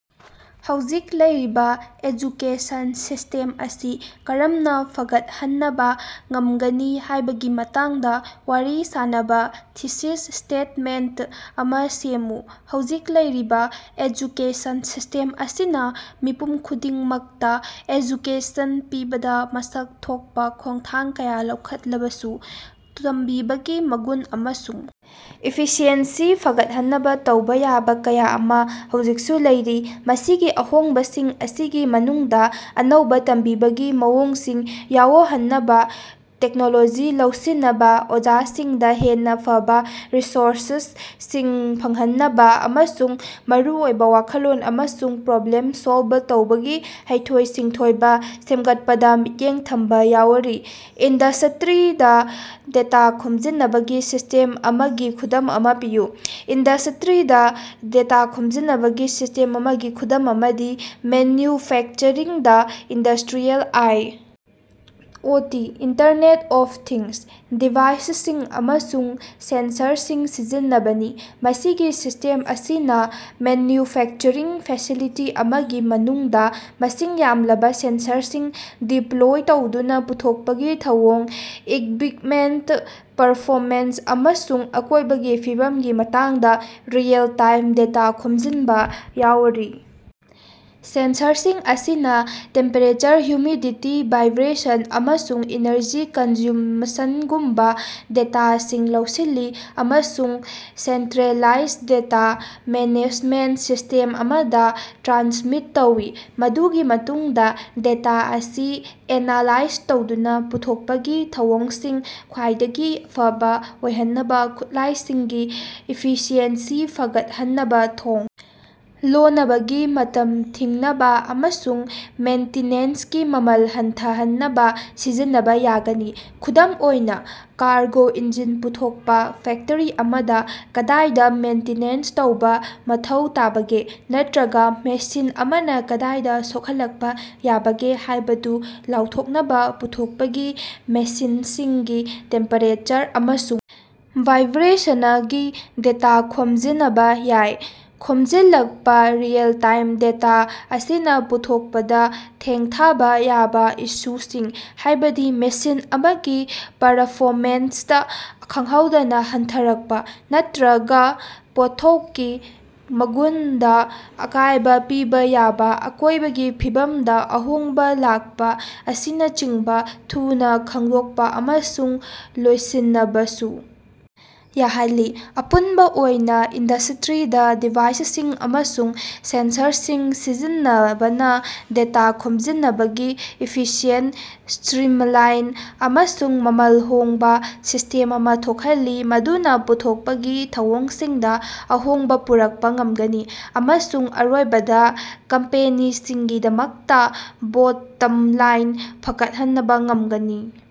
ꯍꯧꯖꯤꯛ ꯂꯩꯔꯤꯕ education system ꯑꯁꯤ ꯀꯔꯝꯅ ꯐꯒꯠꯍꯅꯕ ꯉꯝꯒꯅꯤ ꯍꯥꯏꯕꯒꯤ ꯃꯇꯥꯡꯗ ꯋꯥꯔꯤ ꯁꯥꯅꯕ ꯊꯤꯁꯤꯁ ꯁ꯭ꯇꯦꯇꯃꯦꯟꯇ ꯑꯃꯥ ꯁꯦꯝꯃꯨ꯫ ꯍꯧꯖꯤꯛ ꯂꯩꯔꯤꯕ ꯑꯦꯖꯨꯀꯦꯁꯟ ꯁꯤꯁ꯭ꯇꯦꯝ ꯑꯁꯤꯅ ꯃꯤꯄꯨꯝ ꯈꯨꯗꯤꯡꯃꯛꯇ ꯑꯦꯖꯨꯀꯦꯁꯟ ꯄꯤꯕꯗ ꯃꯁꯛ ꯊꯣꯛꯄ ꯈꯣꯡꯊꯥꯡ ꯀꯌꯥ ꯂꯧꯈꯠꯂꯕꯁꯨ, ꯇꯝꯕꯤꯕꯒꯤ ꯃꯒꯨꯟ ꯑꯃꯁꯨꯡ ꯏꯐꯤꯁꯤꯑꯦꯟꯁꯤ ꯐꯒꯠꯍꯟꯅꯕ ꯇꯧꯕ ꯌꯥꯕ ꯀꯌꯥ ꯑꯃꯥ ꯍꯧꯖꯤꯀꯁꯨ ꯂꯩꯔꯤ ꯃꯁꯤꯒꯤ ꯑꯍꯣꯡꯕꯁꯤꯡ ꯑꯁꯤꯒꯤ ꯃꯅꯨꯡꯗꯥ ꯑꯅꯧꯕ ꯇꯝꯕꯤꯕꯒꯤ ꯃꯑꯣꯡꯁꯤꯡ ꯌꯥꯑꯣꯍꯟꯅꯕ, ꯇꯦꯛꯅꯣꯂꯣꯖꯤ ꯂꯧꯁꯤꯅꯕ, ꯑꯣꯖꯥꯁꯤꯡꯗ ꯍꯦꯟꯅ ꯐꯕꯥ ꯔꯤꯁꯣꯔꯁꯁꯤꯡ ꯐꯪꯍꯟꯅꯕꯥ, ꯑꯃꯁꯨꯡ ꯃꯔꯨꯑꯣꯏꯕ ꯋꯥꯈꯜꯂꯣꯟ ꯑꯃꯁꯨꯡ ꯄ꯭ꯔꯣꯕ꯭ꯂꯦꯝ ꯁꯣꯜꯕ ꯇꯧꯕꯒꯤ ꯍꯩꯊꯣꯏ-ꯁꯤꯡꯊꯣꯏꯕ ꯁꯦꯝꯒꯠꯄꯗ ꯃꯤꯠꯌꯦꯡ ꯊꯝꯕ ꯌꯥꯑꯣꯔꯤ꯫ ꯏꯟꯗꯁ꯭ꯠꯔꯤꯗ ꯗꯦꯇꯥ ꯈꯣꯝꯖꯤꯅꯕꯒꯤ ꯁꯤꯁ꯭ꯇꯦꯝ ꯑꯃꯒꯤ ꯈꯨꯗꯝ ꯑꯃꯥ ꯄꯤꯌꯨ꯫ ꯏꯟꯗꯁ꯭ꯠꯔꯤꯗ ꯗꯦꯇꯥ ꯈꯣꯝꯖꯤꯅꯕꯒꯤ ꯁꯤꯁ꯭ꯇꯦꯝ ꯑꯃꯒꯤ ꯈꯨꯗꯝ ꯑꯃꯗꯤ ꯃꯦꯟꯌꯨꯐꯦꯛꯆꯔꯤꯡꯗꯥ industrial I. O. T. (Internet of things) ꯗꯤꯚꯥꯏꯁꯁꯤꯡ ꯑꯃꯁꯨꯡ ꯁꯦꯟꯁꯔꯁꯤꯡ ꯁꯤꯖꯤꯟꯅꯕꯅꯤ꯫ ꯃꯁꯤꯒꯤ ꯁꯤꯁ꯭ꯇꯦꯝ ꯑꯁꯤꯅꯥ ꯃꯦꯟꯌꯨꯐꯦꯛꯆꯔꯤꯡ ꯐꯦꯁꯤꯂꯤꯇꯤ ꯑꯃꯒꯤ ꯃꯅꯨꯡꯗꯥ ꯃꯁꯤꯡ ꯌꯥꯝꯂꯕ ꯁꯦꯟꯁꯔꯁꯤꯡ ꯗꯤꯞꯂꯣꯏ ꯇꯧꯗꯨꯅ ꯄꯨꯊꯣꯛꯄꯒꯤ ꯊꯧꯑꯣꯡ, ꯏꯛꯕꯤꯄꯃꯦꯟꯇ ꯄꯔꯐꯣꯃꯦꯟꯁ ꯑꯃꯁꯨꯡ ꯑꯀꯣꯏꯕꯒꯤ ꯐꯤꯕꯝꯒꯤ ꯃꯇꯥꯡꯗ ꯔꯤꯑꯦꯜ-ꯇꯥꯏꯝ ꯗꯦꯇꯥ ꯈꯣꯝꯖꯤꯟꯕꯥ ꯌꯥꯑꯣꯔꯤ꯫ ꯁꯦꯟꯁꯔꯁꯤꯡ ꯑꯁꯤꯅꯥ ꯇꯦꯝꯄꯦꯔꯦꯆꯔ, ꯍꯨꯃꯤꯗꯤꯇꯤ, ꯚꯥꯏꯕ꯭ꯔꯦꯁꯟ, ꯑꯃꯁꯨꯡ ꯏꯅꯔꯖꯤ ꯀꯟꯖꯨꯃꯁꯅꯒꯨꯝꯕ ꯗꯦꯇꯥꯁꯤꯡ ꯂꯧꯁꯤꯜꯂꯤ ꯑꯃꯁꯨꯡ ꯁꯦꯟꯠꯔꯦꯂꯥꯏꯖ ꯗꯦꯇꯥ ꯃꯦꯅꯦꯖꯃꯦꯟꯇ ꯁꯤꯁ꯭ꯇꯦꯝ ꯑꯃꯗꯥ ꯇ꯭ꯔꯥꯟꯁꯃꯤꯠ ꯇꯧꯏ꯫ ꯃꯗꯨꯒꯤ ꯃꯇꯨꯡꯗꯥ ꯗꯦꯇꯥ ꯑꯁꯤ ꯑꯦꯅꯥꯂꯥꯏꯖ ꯇꯧꯗꯨꯅꯥ ꯄꯨꯊꯣꯛꯄꯒꯤ ꯊꯧꯑꯣꯡꯁꯤꯡ ꯈ꯭ꯋꯥꯏꯗꯒꯤ ꯐꯕꯥ ꯑꯣꯏꯍꯟꯅꯕ, ꯈꯨꯠꯂꯥꯏꯁꯤꯡꯒꯤ ꯏꯐꯤꯁꯤꯑꯦꯟꯁꯤ ꯐꯒꯠꯍꯟꯅꯕ, ꯊꯣꯡ ꯂꯣꯅꯕꯒꯤ ꯃꯇꯝ ꯊꯤꯡꯅꯕꯥ ꯑꯃꯁꯨꯡ ꯃꯦꯟꯇꯤꯅꯦꯟꯁꯀꯤ ꯃꯃꯜ ꯍꯟꯊꯍꯟꯅꯕ ꯁꯤꯖꯤꯟꯅꯕ ꯌꯥꯒꯅꯤ꯫ ꯈꯨꯗꯝ ꯑꯣꯏꯅꯥ, ꯀꯥꯔꯒꯣ ꯏꯟꯖꯤꯟ ꯄꯨꯊꯣꯛꯄ ꯐꯦꯛꯇꯔꯤ ꯑꯃꯥꯗ, ꯀꯗꯥꯏꯗ ꯃꯦꯟꯇꯤꯅꯦꯟꯁ ꯇꯧꯕ ꯃꯊꯧ ꯇꯥꯕꯒꯦ, ꯅꯠꯠꯔꯒ ꯃꯦꯁꯤꯟ ꯑꯃꯥꯅ ꯀꯗꯥꯏꯗ ꯁꯣꯛꯍꯜꯂꯛꯄ ꯌꯥꯕꯒꯦ ꯍꯥꯏꯕꯗꯨ ꯂꯥꯎꯊꯣꯛꯅꯕ ꯄꯨꯊꯣꯛꯄꯒꯤ ꯃꯦꯁꯤꯅꯁꯤꯡꯒꯤ ꯇꯦꯝꯄꯦꯔꯦꯆꯔ ꯑꯃꯁꯨꯡ ꯚꯥꯏꯕ꯭ꯔꯦꯁꯅꯒꯤ ꯗꯦꯇꯥ ꯈꯣꯝꯖꯤꯅꯕ ꯌꯥꯏ꯫ ꯈꯣꯝꯖꯤꯜꯂꯛꯄꯥ ꯔꯤꯑꯦꯜ-ꯇꯥꯏꯝ ꯗꯦꯇꯥ ꯑꯁꯤꯅꯥ ꯄꯨꯊꯣꯛꯄꯗ ꯊꯦꯡꯊꯥꯕ ꯌꯥꯕ ꯏꯁꯨꯁꯤꯡ, ꯍꯥꯏꯕꯗꯤ ꯃꯦꯁꯤꯟ ꯑꯃꯒꯤ ꯄꯔꯐꯣꯃꯦꯟꯁꯇꯥ ꯈꯪꯍꯧꯗꯅ ꯍꯟꯊꯔꯛꯄ, ꯅꯠꯠꯔꯒ ꯄꯣꯠꯊꯣꯛꯀꯤ ꯃꯒꯨꯅꯗꯥ ꯑꯀꯥꯏꯕ ꯄꯤꯕ ꯌꯥꯕ ꯑꯀꯣꯏꯕꯒꯤ ꯐꯤꯕꯝꯗ ꯑꯍꯣꯡꯕ ꯂꯥꯛꯄ ꯑꯁꯤꯅꯆꯤꯡꯕ ꯊꯨꯅ ꯈꯪꯗꯣꯛꯄ ꯑꯃꯁꯨꯡ ꯂꯣꯏꯁꯤꯅꯕꯁꯨ ꯌꯥꯍꯜꯂꯤ꯫ ꯑꯄꯨꯟꯕ ꯑꯣꯏꯅ, ꯏꯟꯗꯁ꯭ꯇꯔꯤꯗ ꯗꯤꯚꯥꯏꯁꯁꯤꯡ ꯑꯃꯁꯨꯡ ꯁꯦꯟꯁꯔꯁꯤꯡ ꯁꯤꯖꯤꯟꯅꯕꯅ ꯗꯦꯇꯥ ꯈꯣꯝꯖꯤꯅꯕꯒꯤ ꯏꯐꯤꯁꯤꯑꯦꯟꯇ, ꯁ꯭ꯠꯔꯤꯃꯂꯥꯏꯟ ꯑꯃꯁꯨꯡ ꯃꯃꯜ ꯍꯣꯡꯕ ꯁꯤꯁ꯭ꯇꯦꯝ ꯑꯃꯥ ꯊꯣꯛꯍꯜꯂꯤ ꯃꯗꯨꯅ ꯄꯨꯊꯣꯛꯄꯒꯤ ꯊꯧꯑꯣꯡꯁꯤꯡꯗ ꯑꯍꯣꯡꯕ ꯄꯨꯔꯛꯄ ꯉꯝꯒꯅꯤ ꯑꯃꯁꯨꯡ ꯑꯔꯣꯏꯕꯗ ꯀꯝꯄꯦꯅꯤꯁꯤꯡꯒꯤꯗꯃꯛꯇꯥ ꯕꯣꯠꯇꯝ ꯂꯥꯏꯟ ꯐꯒꯠꯍꯅꯕ ꯉꯝꯒꯅꯤ꯫